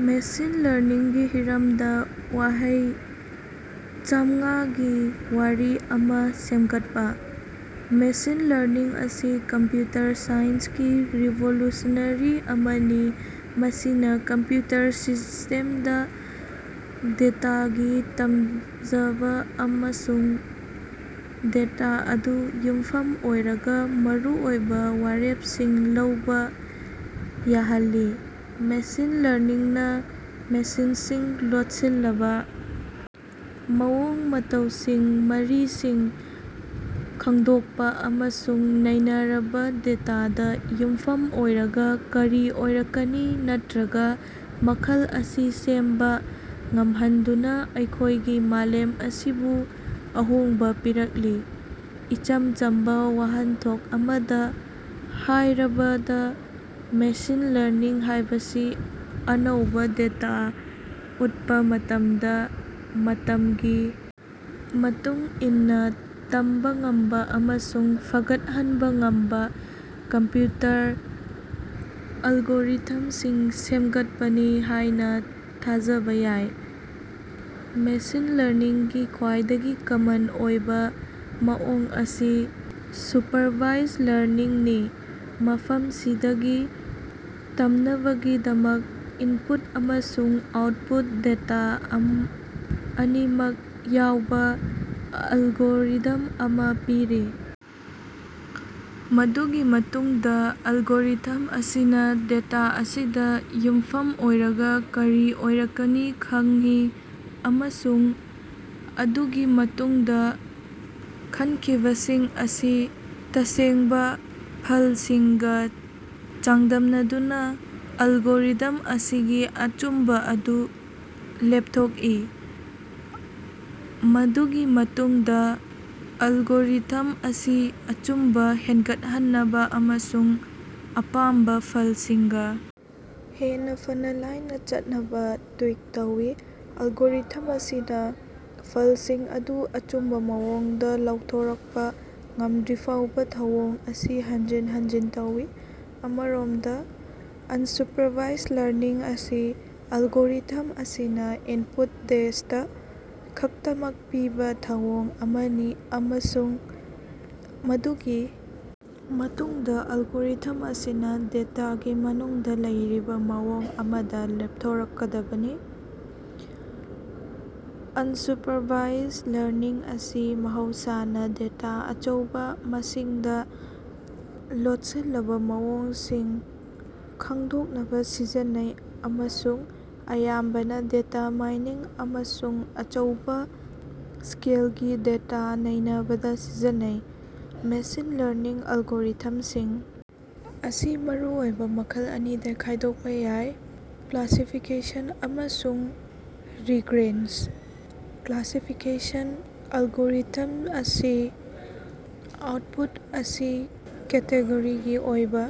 Machine ꯂꯔꯅꯤꯡꯒꯤ ꯍꯤꯔꯝꯗ ꯋꯥꯍꯩ ꯆꯝꯃꯉꯥꯒꯤ ꯋꯥꯔꯤ ꯑꯃ ꯁꯦꯝꯒꯠꯄ꯫ ꯃꯦꯁꯤꯟ ꯂꯔꯅꯤꯡ ꯑꯁꯤ ꯀꯝꯄ꯭ꯌꯨꯇꯔ ꯁꯥꯏꯟꯁꯀꯤ ꯔꯤꯚꯣꯂꯨꯁꯅꯔꯤ ꯑꯃꯅꯤ ꯃꯁꯤꯅꯥ ꯀꯝꯄ꯭ꯌꯨꯇꯔ ꯁꯤꯁꯇꯦꯝꯁꯤꯡꯗ ꯗꯦꯇꯥꯗꯒꯤ ꯇꯝꯖꯕ ꯑꯃꯁꯨꯡ ꯗꯦꯇꯥ ꯑꯗꯨꯗ ꯌꯨꯝꯐꯝ ꯑꯣꯏꯔꯒ ꯃꯔꯨꯑꯣꯏꯕ ꯋꯥꯔꯦꯞꯁꯤꯡ ꯂꯧꯕ ꯌꯥꯍꯜꯂꯤ꯫ ꯃꯦꯁꯤꯟ ꯂꯔꯅꯤꯡꯅ ꯃꯦꯁꯤꯟꯁꯤꯡ ꯂꯣꯠꯁꯤꯜꯂꯕꯥ ꯃꯑꯣꯡ ꯃꯇꯧꯁꯤꯡ ꯃꯔꯤꯁꯤꯡ ꯈꯡꯗꯣꯛꯄ ꯑꯃꯁꯨꯡ ꯅꯩꯅꯔꯕ ꯗꯦꯇꯥꯗ ꯌꯨꯝꯐꯝ ꯑꯣꯏꯔꯒ ꯀꯔꯤ ꯑꯣꯏꯔꯛꯀꯅꯤ ꯅꯠꯔꯒ ꯃꯈꯜꯁꯤꯡ ꯁꯦꯝꯕ ꯉꯝꯍꯟꯗꯨꯅ ꯑꯩꯈꯣꯏꯒꯤ ꯃꯥꯂꯦꯝ ꯑꯁꯤꯕꯨ ꯑꯍꯣꯡꯕ ꯄꯤꯔꯛꯂꯤ꯫ ꯏꯆꯝ ꯆꯝꯕ ꯋꯥꯍꯟꯊꯣꯛ ꯑꯃꯗ ꯍꯥꯏꯔꯕꯗ ꯃꯦꯁꯤꯟ ꯂꯔꯅꯤꯡ ꯍꯥꯏꯕꯁꯤ ꯑꯅꯧꯕ ꯗꯦꯇꯥꯗ ꯎꯠꯄ ꯃꯇꯝꯗ ꯃꯇꯝꯒꯤ ꯃꯇꯨꯡ ꯏꯟꯅ ꯇꯝꯕ ꯉꯝꯕ ꯑꯃꯁꯨꯡ ꯐꯒꯠꯍꯟꯕ ꯉꯝꯕ ꯀꯝꯄ꯭ꯌꯨꯇꯔ ꯑꯦꯂꯒꯣꯔꯤꯊꯝꯁꯤꯡ ꯁꯦꯝꯒꯠꯄꯅꯤ ꯍꯥꯏꯅ ꯊꯥꯖꯕ ꯌꯥꯏ꯫ ꯃꯦꯁꯤꯟ ꯂꯔꯅꯤꯡꯒꯤ ꯈ꯭ꯋꯥꯏꯗꯒꯤ ꯀꯃꯟ ꯑꯣꯏꯕ ꯃꯑꯣꯡ ꯑꯁꯤ ꯁꯨꯄꯔꯚꯥꯏꯖ ꯂꯔꯅꯤꯡꯅꯤ ꯃꯐꯝꯁꯤꯗꯒꯤ ꯇꯝꯅꯕꯒꯤꯗꯃꯛ ꯏꯟꯄꯨꯠ ꯑꯃꯁꯨꯡ ꯑꯥꯎꯠꯄꯨꯠ ꯗꯦꯇꯥ ꯑꯅꯤꯃꯛ ꯌꯥꯎꯕ ꯑꯦꯜꯒꯣꯔꯤꯊꯝ ꯑꯃ ꯄꯤꯔꯤ꯫ ꯃꯗꯨꯒꯤ ꯃꯇꯨꯡꯗ ꯑꯦꯜꯒꯣꯔꯤꯊꯝ ꯑꯁꯤꯅ ꯗꯦꯇꯥ ꯑꯁꯤꯗ ꯌꯨꯝꯐꯝ ꯑꯣꯏꯔꯒ ꯀꯔꯤ ꯑꯣꯏꯔꯛꯀꯅꯤ ꯈꯪꯏ ꯑꯃꯁꯨꯡ ꯑꯗꯨꯒꯤ ꯃꯇꯨꯡꯗ ꯈꯟꯈꯤꯕꯁꯤꯡ ꯑꯁꯤ ꯇꯁꯦꯡꯕ ꯐꯜꯁꯤꯡꯒ ꯆꯥꯡꯗꯝꯅꯗꯨꯅ ꯑꯦꯜꯒꯣꯔꯤꯊꯝ ꯑꯁꯤꯒꯤ ꯑꯆꯨꯝꯕ ꯑꯗꯨ ꯂꯦꯞꯊꯣꯛꯏ꯫ ꯃꯗꯨꯒꯤ ꯃꯇꯨꯡꯗ ꯑꯦꯜꯒꯣꯔꯤꯊꯝ ꯑꯁꯤ ꯑꯆꯨꯝꯕ ꯍꯦꯟꯒꯠꯍꯟꯅꯕ ꯑꯃꯁꯨꯡ ꯑꯄꯥꯝꯕ ꯐꯜꯁꯤꯡꯒ ꯍꯦꯟꯅ ꯐꯅ ꯂꯥꯏꯅ ꯆꯠꯅꯕ ꯇ꯭ꯌꯨꯏꯛ ꯇꯧꯏ꯫ ꯑꯦꯜꯒꯣꯔꯤꯊꯝ ꯑꯁꯤꯅꯥ ꯐꯜꯁꯤꯡ ꯑꯗꯨ ꯑꯆꯨꯝꯕ ꯃꯑꯣꯡꯗ ꯂꯥꯎꯊꯣꯛꯄ ꯉꯝꯗ꯭ꯔꯤꯐꯥꯎꯕ ꯊꯧꯑꯣꯡ ꯑꯁꯤ ꯍꯟꯖꯤꯟ ꯍꯟꯖꯤꯟ ꯇꯧꯏ꯫ ꯑꯃꯔꯣꯝꯗ ꯑꯟꯁꯨꯄꯔꯚꯥꯏꯖ ꯂꯔꯅꯤꯡ ꯑꯁꯤ ꯑꯦꯜꯒꯣꯔꯤꯊꯝ ꯑꯁꯤꯅ ꯏꯟꯄꯨꯠ ꯗꯦꯁꯇꯥ ꯈꯛꯇꯃꯛ ꯄꯤꯕꯥ ꯊꯧꯑꯣꯡ ꯑꯃꯅꯤ ꯑꯃꯁꯨꯡ ꯃꯗꯨꯒꯤ ꯃꯇꯨꯡꯗ ꯑꯦꯜꯒꯣꯔꯤꯊꯝ ꯑꯁꯤꯅ ꯗꯦꯇꯥꯒꯤ ꯃꯅꯨꯡꯗ ꯂꯩꯔꯤꯕ ꯃꯑꯣꯡ ꯑꯃꯗ ꯂꯦꯞꯊꯣꯛꯀꯗꯕꯅꯤ꯫ ꯑꯟꯁꯨꯄꯔꯚꯥꯏꯖ ꯂꯔꯅꯤꯡ ꯑꯁꯤ ꯃꯍꯧꯁꯥꯅꯥ ꯗꯦꯇꯥꯒꯤ ꯑꯆꯧꯕꯥ ꯃꯁꯤꯡꯗ ꯂꯣꯠꯁꯤꯜꯂꯕ ꯃꯑꯣꯡꯁꯤꯡ ꯈꯪꯗꯣꯛꯅꯕꯥ ꯁꯤꯖꯤꯟꯅꯩ ꯑꯃꯁꯨꯡ ꯑꯌꯥꯝꯕꯅ ꯗꯦꯇꯥ ꯃꯥꯏꯅꯤꯡ ꯑꯃꯁꯨꯡ ꯑꯆꯧꯕꯥ ꯁ꯭ꯀꯦꯜꯒꯤ ꯗꯦꯇꯥ ꯅꯩꯅꯕꯗ ꯁꯤꯖꯤꯟꯅꯩ꯫ ꯃꯦꯁꯤꯟ ꯂꯔꯅꯤꯡ ꯑꯦꯂꯒꯣꯔꯤꯊꯝꯁꯤꯡ ꯑꯁꯤ ꯃꯔꯨꯑꯣꯏꯕ ꯃꯈꯜ ꯑꯅꯤꯗ ꯈꯥꯏꯗꯣꯛꯄ ꯌꯥꯏ ꯀ꯭ꯂꯥꯁꯤꯐꯤꯀꯦꯁꯟ ꯑꯃꯁꯨꯡ ꯔꯤꯒ꯭ꯔꯦꯁꯟ꯫ ꯀ꯭ꯂꯥꯁꯤꯐꯤꯀꯦꯁꯟ ꯑꯦꯜꯒꯣꯔꯤꯊꯝꯁꯤꯡ ꯑꯁꯤ ꯑꯥꯎꯠꯄꯨꯠ ꯑꯁꯤ ꯀꯦꯇꯦꯒꯣꯔꯤꯒꯤ ꯑꯣꯏꯕꯥ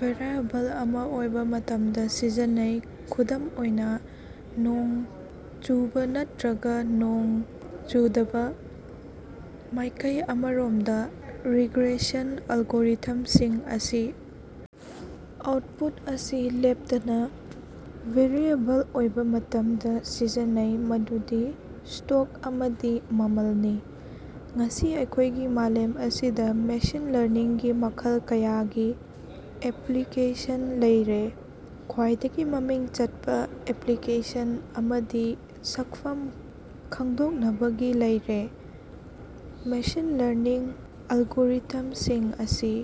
ꯚꯦꯔꯤꯑꯦꯕꯜ ꯑꯃ ꯑꯣꯏꯕ ꯃꯇꯝꯗ ꯁꯤꯖꯤꯟꯅꯩ ꯈꯨꯗꯝ ꯑꯣꯏꯅꯥ ꯅꯣꯡ ꯆꯨꯕꯥ ꯅꯠꯇ꯭ꯔꯒ ꯅꯣꯡ ꯆꯨꯗꯕꯥ꯫ ꯃꯥꯏꯀꯩ ꯑꯃꯔꯣꯝꯗ ꯔꯤꯒ꯭ꯔꯦꯁꯟ ꯑꯦꯜꯒꯣꯔꯤꯊꯝꯁꯤꯡ ꯑꯁꯤ ꯑꯥꯎꯠꯄꯨꯠ ꯑꯁꯤ ꯂꯦꯞꯇꯅ ꯚꯦꯔꯤꯑꯦꯕꯜ ꯑꯣꯏꯕ ꯃꯇꯝꯗ ꯁꯤꯖꯤꯟꯅꯩ ꯃꯗꯨꯗꯤ ꯁ꯭ꯇꯣꯛ ꯑꯃꯒꯤ ꯃꯃꯜꯅꯤ꯫ ꯉꯁꯤ ꯑꯩꯈꯣꯏꯒꯤ ꯃꯥꯂꯦꯝ ꯑꯁꯤꯗ ꯃꯦꯁꯤꯟ ꯂꯔꯅꯤꯡꯒꯤ ꯃꯈꯜ ꯀꯌꯥꯒꯤ ꯑꯦꯞꯄ꯭ꯂꯤꯀꯦꯁꯟ ꯂꯩꯔꯦ꯫ ꯈ꯭ꯋꯥꯏꯗꯒꯤ ꯃꯃꯤꯡ ꯆꯠꯄ ꯑꯦꯞꯄ꯭ꯂꯤꯀꯦꯁꯟ ꯑꯃꯗꯤ ꯁꯛꯐꯝ ꯈꯪꯗꯣꯛꯅꯕꯒꯤ ꯂꯩꯔꯦ꯫ ꯃꯦꯁꯤꯟ ꯂꯔꯅꯤꯡ ꯑꯦꯜꯒꯣꯔꯤꯊꯝꯁꯤꯡ ꯑꯁꯤ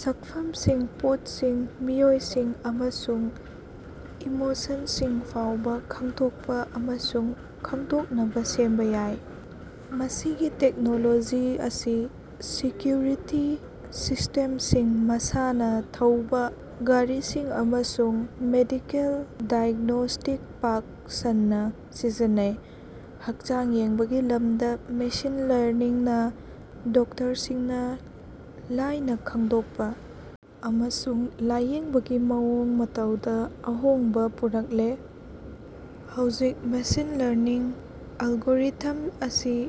ꯁꯛꯐꯝꯁꯤꯡ ꯄꯣꯠꯁꯤꯡ ꯃꯤꯑꯣꯏꯁꯤꯡ ꯑꯃꯁꯨꯡ ꯏꯃꯣꯁꯟꯁꯤꯡ ꯐꯥꯎꯕ ꯈꯪꯗꯣꯛꯄ ꯑꯃꯁꯨꯡ ꯈꯪꯗꯣꯛꯅꯕ ꯁꯦꯝꯕ ꯌꯥꯏ꯫ ꯃꯁꯤꯒꯤ ꯇꯦꯛꯅꯣꯂꯣꯖꯤ ꯑꯁꯤ ꯁꯦꯀ꯭ꯌꯨꯔꯤꯇꯤ ꯁꯤꯁꯇꯦꯝꯁꯤꯡ ꯃꯁꯥꯅ ꯊꯧꯕꯥ ꯒꯥꯔꯤꯁꯤꯡ ꯑꯃꯁꯨꯡ ꯃꯦꯗꯤꯀꯦꯜ ꯗꯥꯏ꯭ꯒꯅꯣꯁꯤꯁꯇ ꯄꯥꯛ ꯁꯟꯅ ꯁꯤꯖꯤꯟꯅꯩ꯫ ꯍꯛꯆꯥꯡ ꯌꯦꯡꯕꯒꯤ ꯂꯝꯗ ꯃꯦꯁꯤꯟ ꯂꯔꯅꯤꯡꯅ ꯗꯣꯛꯇꯔꯁꯤꯡꯅ ꯂꯥꯢꯅ ꯈꯪꯗꯣꯛꯄ ꯑꯃꯁꯨꯡ ꯂꯥꯌꯦꯡꯕꯒꯤ ꯃꯑꯣꯡ ꯃꯇꯧꯗ ꯑꯍꯣꯡꯕ ꯄꯨꯔꯛꯂꯦ꯫ ꯍꯧꯖꯤꯛ ꯃꯦꯁꯤꯟ ꯂꯔꯅꯤꯡ ꯑꯦꯜꯒꯣꯔꯤꯊꯝꯁꯤꯡ ꯑꯁꯤ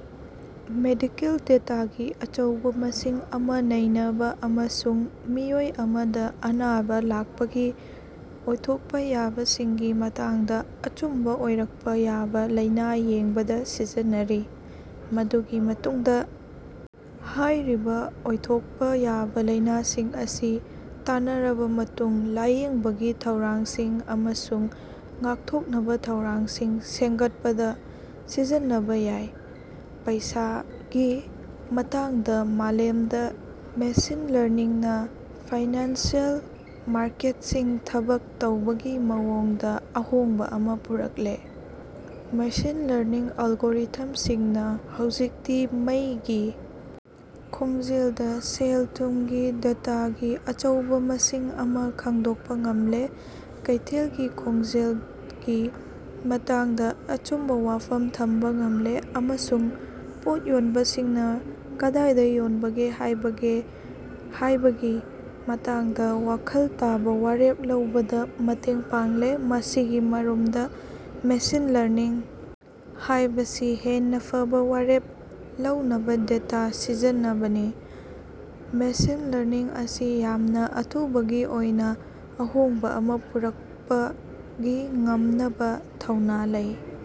ꯃꯦꯗꯤꯀꯦꯜ ꯗꯦꯇꯥꯒꯤ ꯑꯆꯧꯕ ꯃꯁꯤꯡ ꯑꯃ ꯅꯩꯅꯕ ꯑꯃꯁꯨꯡ ꯃꯤꯑꯣꯏ ꯑꯃꯗ ꯑꯅꯥꯕ ꯂꯥꯛꯄꯒꯤ ꯑꯣꯏꯊꯣꯛꯄ ꯌꯥꯕꯁꯤꯡꯒꯤ ꯃꯇꯥꯡꯗ ꯑꯆꯨꯝꯕ ꯑꯣꯏꯔꯛꯄ ꯌꯥꯕ ꯂꯩꯅ ꯌꯦꯡꯕꯗ ꯁꯤꯖꯤꯟꯅꯔꯤ꯫ ꯃꯗꯨꯒꯤ ꯃꯇꯨꯡꯗ ꯍꯥꯏꯔꯤꯕ ꯑꯣꯏꯊꯣꯛꯄ ꯌꯥꯕ ꯂꯩꯅꯁꯤꯡ ꯑꯁꯤ ꯇꯥꯟꯅꯔꯕ ꯃꯇꯨꯡ ꯂꯥꯌꯦꯡꯕꯒꯤ ꯊꯧꯔꯥꯡꯁꯤꯡ ꯑꯃꯁꯨꯡ ꯉꯥꯛꯊꯣꯛꯅꯕ ꯊꯧꯔꯥꯡꯁꯤꯡ ꯁꯦꯝꯒꯠꯄꯗ ꯁꯤꯖꯤꯟꯅꯕꯥ ꯌꯥꯏ꯫ ꯄꯩꯁꯥꯒꯤ ꯃꯇꯥꯡꯗ ꯃꯥꯂꯦꯝꯗ ꯃꯦꯁꯤꯟ ꯂꯔꯅꯤꯡꯅ ꯐꯥꯏꯅꯥꯟꯁꯤꯑꯦꯜ ꯃꯥꯔꯀꯦꯠꯁꯤꯡ ꯊꯕꯛ ꯇꯧꯕꯒꯤ ꯃꯑꯣꯡꯗ ꯑꯍꯣꯡꯕ ꯑꯃ ꯄꯨꯔꯛꯂꯦ꯫ ꯃꯦꯁꯤꯟ ꯂꯔꯅꯤꯡ ꯑꯦꯜꯒꯣꯔꯤꯊꯝꯁꯤꯡꯅ ꯍꯧꯖꯤꯛꯇꯤ ꯃꯩꯒꯤ ꯈꯣꯡꯖꯦꯜꯗ ꯁꯦꯜ-ꯊꯨꯝꯒꯤ ꯗꯦꯇꯥꯒꯤ ꯑꯆꯧꯕ ꯃꯁꯤꯡ ꯑꯃ ꯈꯪꯗꯣꯛꯄ ꯉꯝꯂꯦ ꯀꯩꯊꯦꯜꯒꯤ ꯈꯣꯡꯖꯦꯜꯒꯤ ꯃꯇꯥꯡꯗ ꯑꯆꯨꯝꯕ ꯋꯥꯐꯝ ꯊꯝꯕ ꯉꯝꯂꯦ ꯑꯃꯁꯨꯡ ꯄꯣꯠ ꯌꯣꯟꯕꯁꯤꯡꯅ ꯀꯗꯥꯏꯗ ꯌꯣꯟꯕꯒꯦ ꯍꯥꯕꯒꯦ ꯍꯥꯏꯕꯒꯤ ꯃꯇꯥꯡꯗ ꯋꯥꯈꯜ ꯇꯥꯕ ꯋꯥꯔꯦꯞ ꯂꯧꯕꯗ ꯃꯇꯦꯡ ꯄꯥꯡꯂꯦ꯫ ꯃꯁꯤꯒꯤ ꯃꯔꯨꯝꯗ ꯃꯦꯁꯤꯟ ꯂꯔꯅꯤꯡ ꯍꯥꯏꯕꯁꯤ ꯍꯦꯟꯅ ꯐꯕ ꯋꯥꯔꯦꯞ ꯂꯧꯅꯕ ꯗꯦꯇꯥ ꯁꯤꯖꯤꯟꯅꯕꯅꯤ꯫ ꯃꯦꯁꯤꯟ ꯂꯔꯅꯤꯡ ꯑꯁꯤꯅ ꯌꯥꯝꯅ ꯑꯊꯨꯕꯒꯤ ꯑꯣꯏꯅ ꯑꯍꯣꯡꯕ ꯑꯃ ꯄꯨꯔꯛꯄꯒꯤ ꯉꯝꯅꯕ ꯊꯧꯅ ꯂꯩ꯫